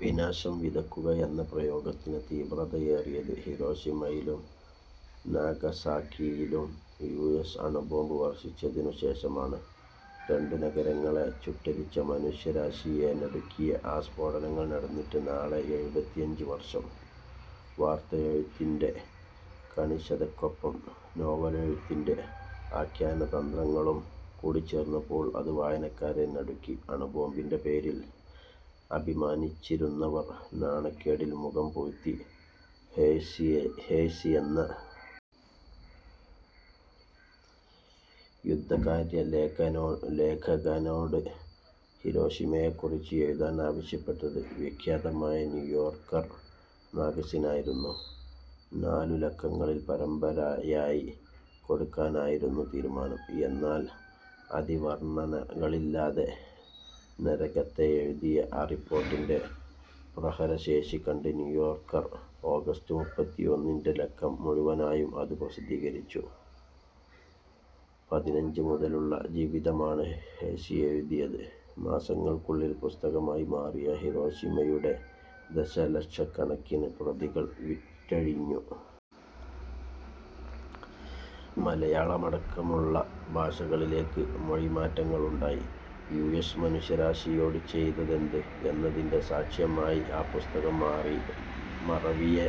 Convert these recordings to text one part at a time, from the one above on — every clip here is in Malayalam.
വിനാശം വിതയ്ക്കുകയെന്ന പ്രയോഗത്തിന് തീവ്രതയേറിയത് ഹിരോഷിമയിലും നാഗസാക്കിയിലും യുഎസ് അണുബോംബ് വർഷിച്ചതിനു ശേഷമാണ്. രണ്ടു നഗരങ്ങളെ ചുട്ടെരിച്ച, മനുഷ്യരാശിയെ നടുക്കിയ ആ സ്ഫോടനങ്ങൾ നടന്നിട്ട് നാളെ എഴുപത്തിയഞ്ച് വർഷം. വാർത്തയെഴുത്തിൻ്റെ കണിശതയ്ക്കൊപ്പം നോവലെഴുത്തിൻ്റെ ആഖ്യാനതന്ത്രങ്ങളും കൂടിച്ചേർന്നപ്പോൾ അത് വായനക്കാരെ നടുക്കി. അണുബോംബിൻ്റെ പേരിൽ അഭിമാനിച്ചിരുന്നവർ നാണക്കേടിൽ മുഖം പൂഴ്ത്തി. ഹേഴ്സിയെ ഹേഴ്സിയെന്ന യുദ്ധകാര്യലേഖകനോട് ഹിരോഷിമയെക്കുറിച്ച് എഴുതാൻ ആവശ്യപ്പെട്ടത് വിഖ്യാതമായ ന്യൂയോർക്കർ മാഗസിനായിരുന്നു. നാലുലക്കങ്ങളിൽ പരമ്പരയായി കൊടുക്കാനായിരുന്നു തീരുമാനം. എന്നാൽ അതിവർണനകളില്ലാതെ നരകത്തെ എഴുതിയ ആ റിപ്പോർട്ടിൻ്റെ പ്രഹരശേഷി കണ്ട് ന്യൂയോർക്കർ ഓഗസ്റ്റ് മുപ്പത്തിയൊന്നിൻ്റെ ലക്കം മുഴുവനായും അത് പ്രസിദ്ധീകരിച്ചു. പതിനഞ്ച് മുതലുള്ള ജീവിതമാണ് ഹേഴ്സി എഴുതിയത്. മാസങ്ങൾക്കുള്ളിൽ പുസ്തകമായി മാറിയ ഹിരോഷിമയുടെ ദശലക്ഷക്കണക്കിന് പ്രതികൾ വിറ്റഴിഞ്ഞു. മലയാളമടക്കമുള്ള ഭാഷകളിലേക്ക് മൊഴിമാറ്റങ്ങളുണ്ടായി. യുഎസ് മനുഷ്യരാശിയോട് ചെയ്തതെന്ത് എന്നതിൻ്റെ സാക്ഷ്യമായി ആ പുസ്തകംമാറി മറവിയെ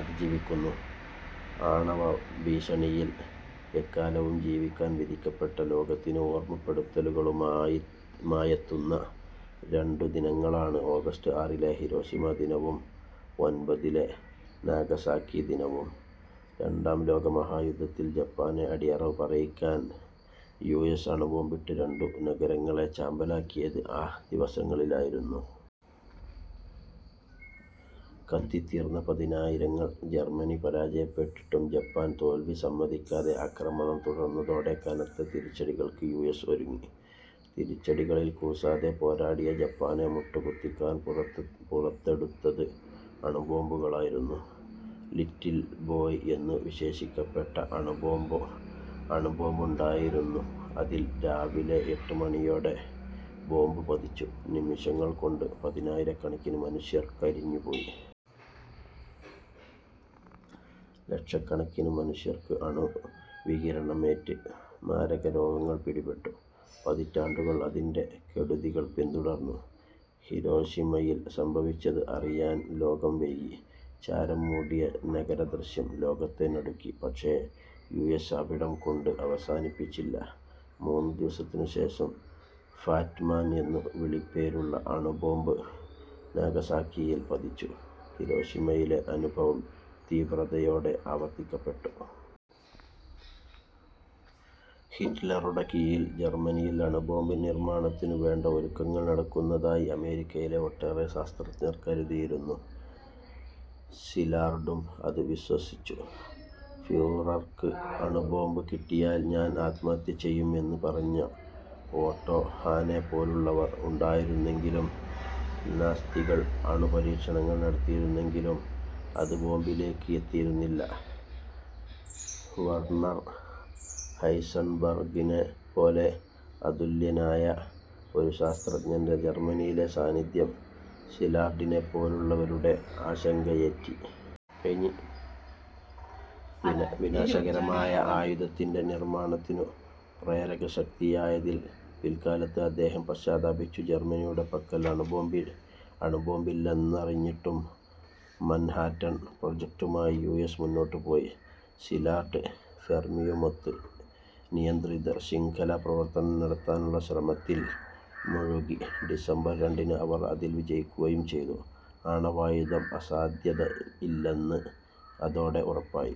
അതിജീവിക്കുന്നു. ആണവഭീഷണിയിൽ എക്കാലവും ജീവിക്കാൻ വിധിക്കപ്പെട്ട ലോകത്തിന് ഓർമപ്പെടുത്തലുമായി മായെത്തുന്ന രണ്ടു ദിനങ്ങളാണ് ഓഗസ്റ്റ് ആറിലെ ഹിരോഷിമ ദിനവും ഒൻപതിലെ നാഗസാക്കി ദിനവും. രണ്ടാം ലോക മഹായുദ്ധത്തിൽ ജപ്പാനെ അടിയറവ് പറയിക്കാൻ യുഎസ് അണുബോംബിട്ട് രണ്ടു നഗരങ്ങളെ ചാമ്പലാക്കിയത് ആ ദിവസങ്ങളിലായിരുന്നു. കത്തിത്തീർന്ന പതിനായിരങ്ങൾ. ജർമനി പരാജയപ്പെട്ടിട്ടും ജപ്പാൻ തോൽവി സമ്മതിക്കാതെ ആക്രമണം തുടർന്നതോടെ കനത്ത തിരിച്ചടികൾക്ക് യുഎസ് ഒരുങ്ങി. തിരിച്ചടികളിൽ കൂസാതെ പോരാടിയ ജപ്പാനെ മുട്ടുകുത്തിക്കാൻപുറത്ത് പുറത്തെടുത്തത് അണുബോംബുകളായിരുന്നു. ലിറ്റിൽ ബോയ് എന്നു വിശേഷിപ്പിക്കപ്പെട്ടഅണുബോംബ് അണുബോംബുണ്ടായിരുന്നു അതിൽ. രാവിലെ എട്ട് മണിയോടെ ബോംബ് പതിച്ചു. നിമിഷങ്ങൾ കൊണ്ട് പതിനായിരക്കണക്കിന് മനുഷ്യർ കരിഞ്ഞുപോയി. ലക്ഷക്കണക്കിന് മനുഷ്യർക്ക് അണുവികിരണമേറ്റ് മാരകരോഗങ്ങൾ പിടിപെട്ടു. പതിറ്റാണ്ടുകൾ അതിൻ്റെ കെടുതികൾ പിന്തുടർന്നു. ഹിരോഷിമയിൽ സംഭവിച്ചത് അറിയാൻ ലോകം വൈകി. ചാരം മൂടിയ നഗരദൃശ്യം ലോകത്തെ നടുക്കി. പക്ഷേ, യുഎസ് അവിടം കൊണ്ട് അവസാനിപ്പിച്ചില്ല. മൂന്നു ദിവസത്തിനു ശേഷം ഫാറ്റ്മാൻ എന്നു വിളിപ്പേരുള്ള അണുബോംബ് നാഗസാക്കിയിൽ പതിച്ചു. ഹിരോഷിമയിലെ അനുഭവം തീവ്രതയോടെ ആവർത്തിക്കപ്പെട്ടു. ഹിറ്റ്ലറുടെ കീഴിൽ ജർമനിയിൽ അണുബോംബ് നിർമാണത്തിനു വേണ്ട ഒരുക്കങ്ങൾ നടക്കുന്നതായി അമേരിക്കയിലെ ഒട്ടേറെ ശാസ്ത്രജ്ഞർ കരുതിയിരുന്നു. സിലാർഡും അത് വിശ്വസിച്ചു. ഫ്യൂറർക്ക് അണുബോംബ് കിട്ടിയാൽ ഞാൻ ആത്മഹത്യ ചെയ്യും എന്ന് പറഞ്ഞ ഓട്ടോ ഹാനെപ്പോലുള്ളവർ ഉണ്ടായിരുന്നെങ്കിലും നാത്സികൾ അണുപരീക്ഷണങ്ങൾ നടത്തിയിരുന്നെങ്കിലും അത് ബോംബിലേക്ക് എത്തിയിരുന്നില്ല. വെർണർ ഹൈസൻബെർഗിനെപ്പോലെ അതുല്യനായ ഒരു ശാസ്ത്രജ്ഞൻ്റെ ജർമനിയിലെ സാന്നിധ്യം സിലാർഡിനെപ്പോലുള്ളവരുടെ ആശങ്കയേറ്റി. വിനാശകരമായ ആയുധത്തിൻ്റെ നിർമാണത്തിനു പ്രേരകശക്തിയായതിൽ പിൽക്കാലത്ത് അദ്ദേഹം പശ്ചാത്തപിച്ചു. ജർമനിയുടെ പക്കൽ അണുബോംബില്ലെന്നറിഞ്ഞിട്ടും മൻഹാറ്റൻ പ്രോജക്ടുമായി യുഎസ് മുന്നോട്ടുപോയി. സിലാർഡ്, ഫെർമിയുമൊത്ത് നിയന്ത്രിത ശൃംഖലാ പ്രവർത്തനം നടത്താനുള്ള ശ്രമത്തിൽ മുഴുകി. ഡിസംബർ രണ്ടിന് അവർ അതിൽ വിജയിക്കുകയും ചെയ്തു. ആണവായുധം അസാധ്യതയില്ലെന്ന് അതോടെ ഉറപ്പായി.